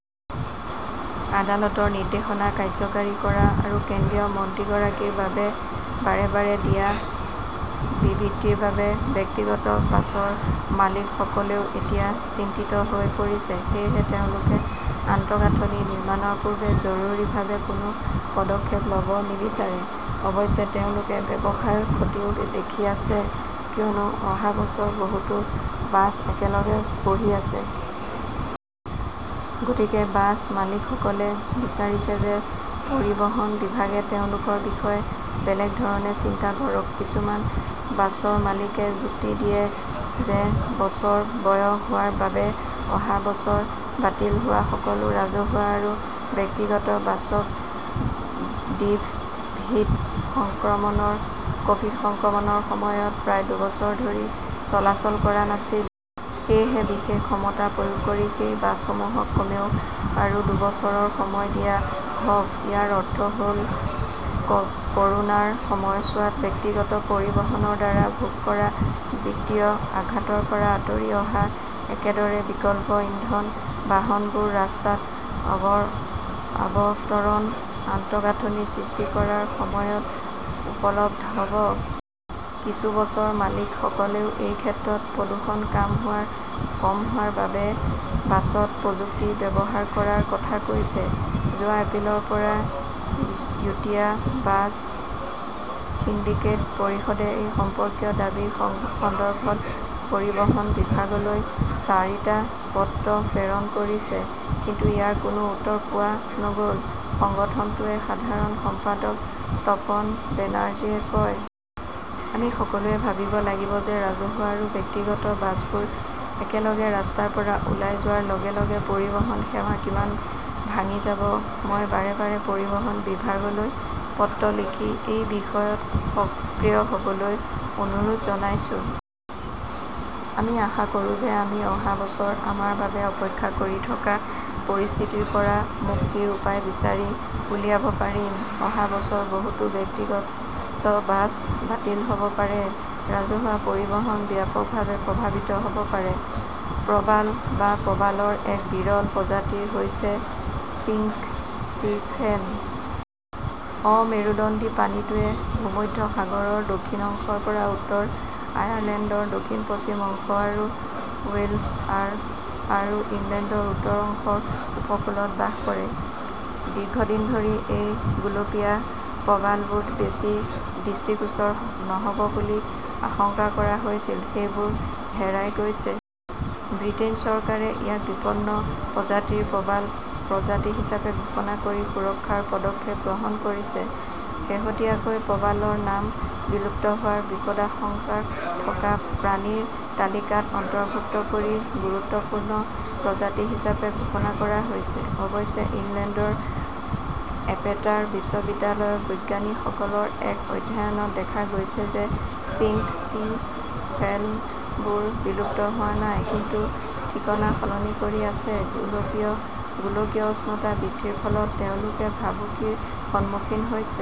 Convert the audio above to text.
আদালতৰ নিৰ্দেশনা কাৰ্যকৰী কৰা আৰু কেন্দ্ৰীয় মন্ত্ৰীগৰাকীৰ বাৰে বাৰে দিয়া বিবৃতিৰ বাবে ব্যক্তিগত বাছৰ মালিকসকলেও এতিয়া চিন্তিত হৈ পৰিছে। সেয়েহে তেওঁলোকে আন্তঃগাঁথনি নিৰ্মাণৰ পূৰ্বে জৰুৰীভাৱে কোনো পদক্ষেপ ল "ব নিবিচাৰে। অৱশ্যে, তেওঁলোকে ব্যৱসায়ৰ ক্ষতিও দেখি আছে কিয়নো অহা বছৰ বহুতো বাছ একেলগে বহি আছে। গতিকে বাছ মালিকসকলে বিচাৰিছে যে পৰিবহণ বিভাগে তেওঁলোকৰ বিষয়ে বেলেগ ধৰণে চিন্তা কৰক। কিছুমান বাছৰ মালিকে যুক্তি দিয়ে যে বছৰ বয়স হোৱাৰ বাবে অহা বছৰ বাতিল হোৱা সকলো ৰাজহুৱা আৰু ব্যক্তিগত বাছ ক "ভিড সংক্ৰমণৰ সময়ত প্ৰায় দুবছৰ ধৰি চলাচল কৰা নাছিল। সেয়েহে বিশেষ ক্ষমতা প্ৰয়োগ কৰি সেই বাছসমূহক কমেও আৰু দুবছৰৰ সময় দিয়া হওক। ইয়াৰ অৰ্থ হ "ল ক" ৰোনাৰ সময়ছোৱাত ব্যক্তিগত পৰিবহণৰ দ্বাৰা ভোগ কৰা বিত্তীয় আঘাতৰ পৰা আঁতৰি অহা। একেদৰে, বিকল্প ইন্ধন বাহনবোৰ ৰাস্তাত অৱতৰণ আন্তঃগাঁথনি সৃষ্টি কৰাৰ সময়ত উপলব্ধ হ 'ব। কিন্তু বাছৰ মালিকসকলেও এই ক্ষেত্ৰত প্ৰদূষণ কম হোৱাৰ বাবে বাছত প্ৰযুক্তি ব্যৱহাৰ কৰাৰ কথা কৈছে। যোৱা এপ্ৰিলৰ পৰা যুটীয়া বাছ সিন্ডিকেট পৰিষদে এই সম্পৰ্কীয় দাবী সন্দৰ্ভত পৰিবহণ বিভাগলৈ চাৰিটা পত্ৰ প্ৰেৰণ কৰিছে। কিন্তু ইয়াৰ কোনো উত্তৰ পোৱা নগ "ল", সংগঠনটোৰ সাধাৰণ সম্পাদক তপন বেনাৰ্জীয়ে কয়। "আমি সকলোৱে ভাবিব লাগিব যে ৰাজহুৱা আৰু ব্যক্তিগত বাছবোৰ একেলগে ৰাস্তাৰ পৰা ওলাই যোৱাৰ লগে লগে পৰিবহণ সেৱা কিমান ভাঙি যাব। মই বাৰে বাৰে পৰিবহণ বিভাগলৈ পত্ৰ লিখি এই বিষয়ত সক্ৰিয় হ "বলৈ অনুৰোধ জনাইছো। আমি আশা কৰোঁ যে আমি অহা বছৰ আমাৰ বাবে অপেক্ষা কৰি থকা পৰিস্থিতিৰ পৰা মুক্তিৰ উপায় বিচাৰি উলিয়াব পাৰিম। "। অহা বছৰ বহুতো ব্যক্তিগত বাছ বাতিল হ 'ব পাৰে, ৰাজহুৱা পৰিবহণ ব্যাপকভাৱে প্ৰভাৱিত হ' ব পাৰে প্ৰবাল বা প্ৰবালৰ এক বিৰল প্ৰজাতি হৈছে পিংক চি ফেন। অমেৰুদণ্ডী প্ৰাণীটোৱে ভূমধ্যসাগৰৰ দক্ষিণ অংশৰ পৰা উত্তৰ আয়াৰলেণ্ডৰ দক্ষিণ-পশ্চিম অংশ আৰু ৱেলছ আৰু ইংলেণ্ডৰ উত্তৰ অংশৰ উপকূলত বাস কৰে। দীৰ্ঘদিন ধৰি এই গুলপীয়া প্ৰবালবোৰ বেছি দৃষ্টিগোচৰ নহ "ব বুলি আশংকা কৰা হৈছিল; সেইবোৰ হেৰাই গৈছে। ব্ৰিটেইন চৰকাৰে ইয়াক বিপন্ন প্ৰজাতিৰ প্ৰবাল প্ৰজাতি হিচাপে ঘোষণা কৰি সুৰক্ষাৰ পদক্ষেপ গ্ৰহণ কৰিছে, শেহতীয়াকৈ প্ৰবালৰ নাম বিলুপ্ত হোৱাৰ বিপদাশংকা থকা প্ৰাণীৰ তালিকাত অন্তৰ্ভুক্ত কৰি গুৰুত্বপূৰ্ণ প্ৰজাতি হিচাপে ঘোষণা কৰা হৈছে। অৱশ্যে, ইংলেণ্ডৰ এপেটাৰ বিশ্ববিদ্যালয়ৰ বিজ্ঞানীসকলৰ এক অধ্যয়নত দেখা গৈছে যে পিংক চি ফেনবোৰ বিলুপ্ত হোৱা নাই, কিন্তু ঠিকনা সলনি কৰি আছে। গোলকীয় উষ্ণতা বৃদ্ধিৰ ফলত তেওঁলোকে ভাবুকিৰ সন্মুখীন হৈছে,